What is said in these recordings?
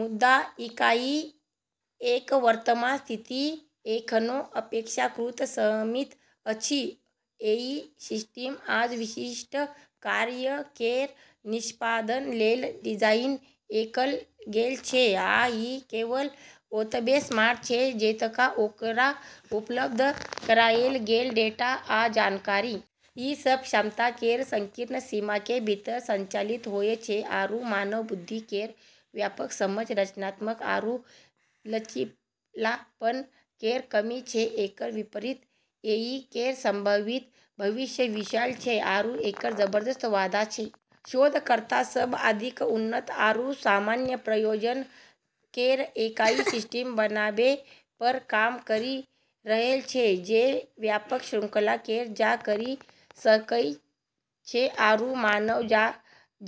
मुदा, एआई केर वर्तमान स्थिति एखनो अपेक्षाकृत सीमित अछि। एआई सिस्टम आज विशिष्ट कार्य केर निष्पादन लेल डिजाइन कएल गेल छै, आ ई केवल ओतबे स्मार्ट छै जतेक ओकरा उपलब्ध कराएल गेल डेटा आ जानकारी। ई सब क्षमता केर संकीर्ण सीमा के भीतर संचालित होय छै आरू मानव बुद्धि केर व्यापक समझ, रचनात्मकता आरू लचीलापन केर कमी छै। एकर विपरीत एआई केर संभावित भविष्य विशाल छै आरू एकर जबरदस्त वादा छै। शोधकर्ता सब अधिक उन्नत आरू सामान्य प्रयोजन केर एआई सिस्टम बनाबै पर काम करी रहल छै जे व्यापक श्रृंखला केर काज करी सकै छै आरू मानव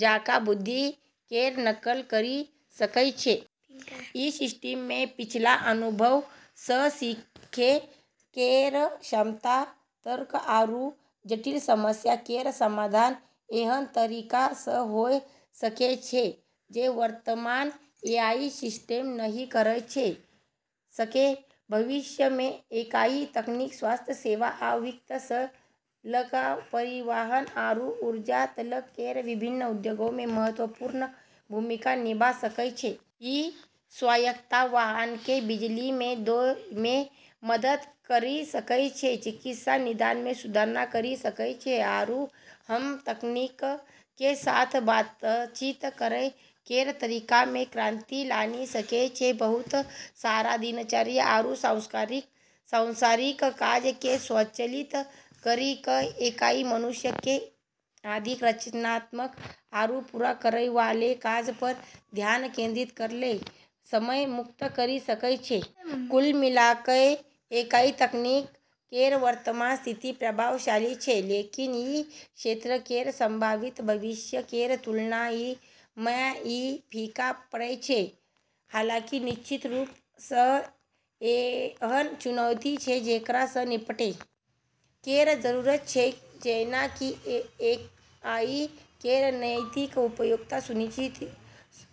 जकाँ बुद्धि केर नकल करी सकै छै। ई सिस्टम मे पिछला अनुभव सँ सीखै केर क्षमता, तर्क आरू जटिल समस्या केर समाधान एहन तरीका सँ होय सकै छै जे वर्तमान एआई सिस्टम नहि करी सकै छै। भविष्य मे एआई तकनीक स्वास्थ्य सेवा आ वित्त सँ लऽ कऽ परिवहन आरू ऊर्जा तलक केर विभिन्न उद्योग मे महत्वपूर्ण भूमिका निभा सकै छै। ई स्वायत्त वाहन केँ बिजली दै मे मदद करी सकै छै, चिकित्सा निदान मे सुधार करी सकै छै, आरू हम्मं तकनीक के साथ बातचीत करै केर तरीका मे क्रांति लानी सकै छै। बहुत सारा दिनचर्या आरू सांसारिक काज केँ स्वचालित करी कऽ एआई मनुष्य केँ अधिक रचनात्मक आरू पूरा करै वाला काज पर ध्यान केंद्रित करै लेल समय मुक्त करी सकै छै। कुल मिला कऽ एआई तकनीक केर वर्तमान स्थिति प्रभावशाली छै, लेकिन ई क्षेत्र केर संभावित भविष्य केर तुलना मँ ई फीका पड़ै छै। हालांकि निश्चित रूप सँ एहन चुनौती छै जेकरा सँ निपटै केर जरूरत छै, जेना कि एआई केर नैतिक उपयोग सुनिश्चित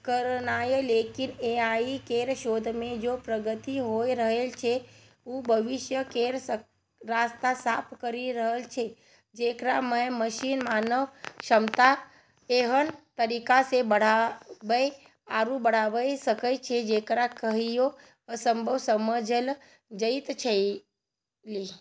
करनाय, लेकिन एआई केर शोध मे जे प्रगति होय रहल छै, वू भविष्य केर रास्ता साफ करी रहल छै, जेकरा मँ मशीन मानव क्षमता केँ एहन तरीका सँ बढ़ाबै आरू बढ़ाबै सकै छै जेकरा कहियो असंभव समझल जाइत छेलै।